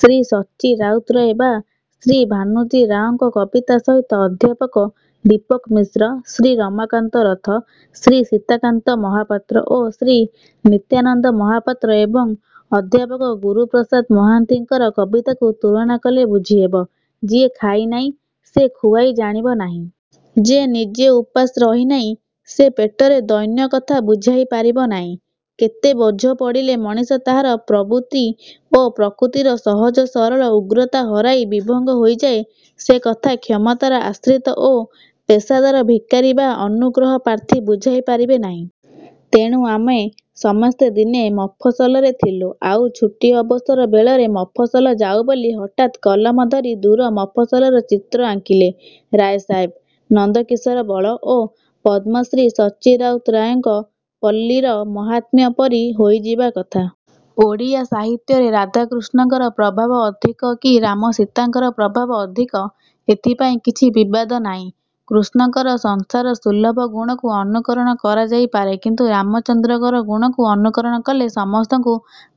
ଶ୍ରୀ ସଚ୍ଚି ରାଉତରାୟ ବା ଶ୍ରୀ ଭାନୁଜୀ ରାଓଙ୍କ କବିତା ସହିତ ଅଧ୍ୟାପକ ଦୀପକ ମିଶ୍ର, ଶ୍ରୀ ରମାକାନ୍ତ ରଥ, ଶ୍ରୀ ସୀତାକାନ୍ତ ମହାପାତ୍ର ଓ ଶ୍ରୀ ନିତ୍ୟାନନ୍ଦ ମହାପାତ୍ର ଏବଂ ଅଧ୍ୟାପକ ଗୁରୁପ୍ରସାଦ ମହାନ୍ତିଙ୍କର କବିତାକୁ ତୁଳନା କଲେ ବୁଝି ହେବ-। ଯିଏ ଖାଇ ନାହିଁ, ସେ ଖୁଆଇ ଜାଣିବ ନାହିଁ। ଯେ ନିଜେ ଉପାସ ରହି ନାହିଁ, ସେ ପେଟର ଦୈନ୍ୟ କଥା ବୁଝାଇ ପାରିବ ନାହିଁ। କେତେ ବୋଝ ପଡ଼ିଲେ ମଣିଷ ତାହାର ପ୍ରବୃତ୍ତି ଓ ପ୍ରକୃତିର ସହଜ ସରଳ ଉଗ୍ରତା ହରାଇ ବିଭଙ୍ଗ ହୋଇଯାଏ ସେ କଥା କ୍ଷମତାର ଆଶ୍ରିତ ଓ ପେଶାଦାର ଭିକାରୀ ବା ଅନୁଗ୍ରହପ୍ରାର୍ଥୀ ବୁଝାଇ ପାରିବେ ନାହିଁ। ତେଣୁ ଆମେ ସମସ୍ତେ ଦିନେ ମଫସଲରେ ଥିଲୁ ଆଉ ଛୁଟି ଅବସର ବେଳରେ ମଫସଲ ଯାଉ ବୋଲି ହଠାତ୍ କଲମ ଧରି ଦୂର ମଫସଲର ଚିତ୍ର ଆଙ୍କିଲେ ରାୟ ସାହେବ, ନନ୍ଦ କିଶୋର ବଳ, ଓ ପଦ୍ମଶ୍ରୀ ସଚ୍ଚି ରାଉତରାୟଙ୍କ ପଲ୍ଲୀର ମାହାତ୍ମ୍ୟ ପରି ହୋଇଯିବା କଥା। ଓଡ଼ିଆ ସାହିତ୍ୟରେ ରାଧାକୃଷ୍ଣଙ୍କର ପ୍ରଭାବ ଅଧିକ କି ରାମ ସୀତାଙ୍କର ପ୍ରଭାବ ଅଧିକ ଏଥିପାଇଁ କିଛି ବିବାଦ ନାହିଁ। କୃଷ୍ଣଙ୍କର ସଂସାରସୁଲଭ ଗୁଣକୁ ଅନୁକରଣ କରାଯାଇ ପାରେ କିନ୍ତୁ ରାମଚନ୍ଦ୍ରଙ୍କର ଗୁଣକୁ ଅନୁକରଣ କଲେ ସମସ୍ତଙ୍କୁ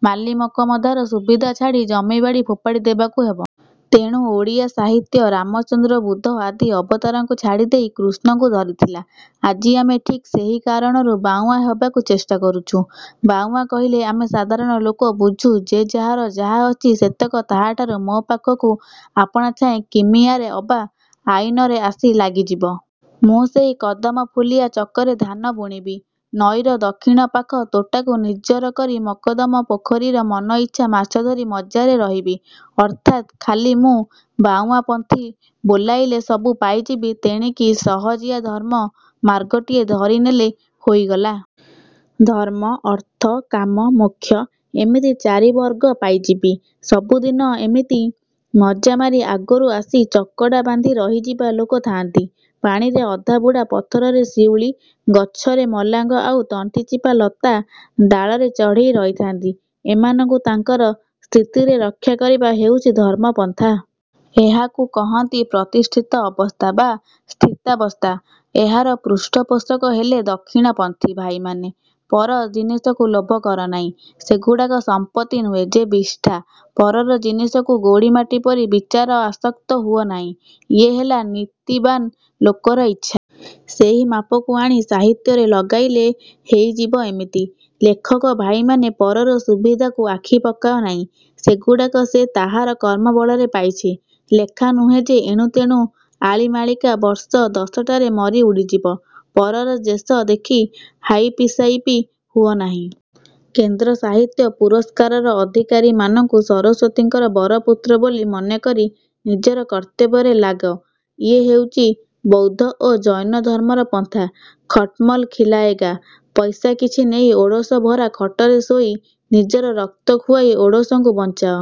ମାଲିମକଦ୍ଦମାର ସୁବିଧା ଛାଡ଼ି ଜମିବାଡ଼ି ଫୋପାଡ଼ି ଦବାକୁ ହେବ। ତେଣୁ ଓଡ଼ିଆ ସାହିତ୍ୟ ରାମଚନ୍ଦ୍ର ବୁଦ୍ଧ ଆଦି ଅବତାରଙ୍କୁ ଛାଡ଼ିଦେଇ କୃଷ୍ଣଙ୍କୁ ଧରିଥିଲା। ଆଜି ଆମେ ଠିକ୍ ସେଇ କାରଣରୁ ବାଉଁଆ ହେବାକୁ ଚେଷ୍ଟା କରୁଛୁ। ବାଉଁଆ କହିଲେ ଆମେ ସାଧାରଣ ଲୋକ ବୁଝୁ ଯେ ଯାହାର ଯାହା ଅଛି ସେତକ ତାହାଠାରୁ ମୋ'ପାଖକୁ ଆପଣା ଛାଏଁ କିମିଆରେ ଅବା ଆଇନରେ ଆସି ଲାଗିଯିବ। ମୁଁ ସେଇ କଦମ ଫୁଲିଆ ଚକରେ ଧାନ ବୁଣିବି, ନଈର ଦକ୍ଷିଣ ପାଖ ତୋଟାକୁ ନିଜର କରି ମକଦମ ପୋଖରୀରେ ମନଇଚ୍ଛା ମାଛ ଧରି ମଜ୍ଜାରେ ରହିବି। ଅର୍ଥାତ୍ ଖାଲି ମୁଁ ବାଉଁଆପନ୍ଥୀ ବୋଲାଇଲେ ସବୁ ପାଇଯିବି। ତେଣିକି ସହଜିଆ ଧର୍ମ ମାର୍ଗଟିଏ ଧରିନେଲେ ହୋଇଗଲା। ଧର୍ମ–ଅର୍ଥ–କାମ–ମୋକ୍ଷ ଏମିତି ଚାରିବର୍ଗ ପାଇଯିବି। ସବୁଦିନେ ଏମିତି ମଜ୍ଜା ମାରି ଆଗରୁ ଆସି ଚକଡ଼ା ବାନ୍ଧି ରହିଯିବା ଲୋକ ଥାନ୍ତି। ପାଣିରେ ଅଧାବୁଡ଼ା ପଥରରେ ଶିଉଳୀ, ଗଛରେ ମଲାଙ୍ଗ ଆଉ ତଣ୍ଟିଚିପା ଲଟା, ଡାଳରେ ଚଢ଼େଇ ରହିଥାନ୍ତି। ଏମାନଙ୍କୁ ତାଙ୍କର ସ୍ଥିତିରେ ରକ୍ଷା କରିବା ହେଉଛି–ଧର୍ମ ପନ୍ଥା। ଏହାକୁ କହନ୍ତି ପ୍ରତିଷ୍ଠିତ ଅବସ୍ଥା ବା ସ୍ଥିତାବସ୍ଥା। ଏହାର ପୃଷ୍ଠପୋଷକ ହେଲେ ଦକ୍ଷିଣପନ୍ଥୀ। ଭାଇମାନେ। ପର ଜିନିସକୁ ଲୋଭ କର ନାହିଁ। ସେଗୁଡ଼ାକ ସଂପତ୍ତି ନୁହେଁ ଯେ ବିଷ୍ଠା-। ପରର ଜିନିସକୁ ଗୋଡ଼ିମାଟି ପରି ବିଚାରି ଆସକ୍ତ ହୁଅ ନାହିଁ–ଇଏ ହେଲା ନୀତିବାନ୍ ଲୋକର ଇଚ୍ଛା। ସେଇ ମାପକୁ ଆଣି ସାହିତ୍ୟରେ ଲଗାଇଲେ ହେଇଯିବ ଏମିତି। ଲେଖକ ଭାଇମାନେ। ପରର ସୁବିଧାକୁ ଆଖି ପକାଅ ନାହିଁ। ସେଗୁଡ଼ାକ ସେ ତାହାର କର୍ମ ବଳରେ ପାଇଛି। ଲେଖା ନୁହେଁ ଯେ ଏଣୁତେଣୁ ଆଳି ମାଳିକା। ବର୍ଷ ଦଶଟାରେ ମରି ଉଡ଼ିଯିବ। ପରର ଯଶ ଦେଖି ହାଇପିସାଇପି ହୁଅ ନାହିଁ। କେନ୍ଦ୍ର ସାହିତ୍ୟ ପୁରସ୍କାରର ଅଧିକାରୀମାନଙ୍କୁ ସରସ୍ୱତୀଙ୍କର ବରପୁତ୍ର ବୋଲି ମନେ କରି ନିଜର କର୍ତ୍ତବ୍ୟରେ ଲାଗ। ଇଏ ହେଉଛି ବୌଦ୍ଧ ଓ ଜୈନ ଧର୍ମର ପନ୍ଥା–ଖଟମଲ୍ ଖିଲାଏଗା। ପଇସା କିଛି ନେଇ ଓଡ଼ଶ ଭରା ଖଟରେ ଶୋଇ ନିଜର ରକ୍ତ ଖୁଆଇ ଓଡ଼ଶଙ୍କୁ ବଞ୍ଚାଅ।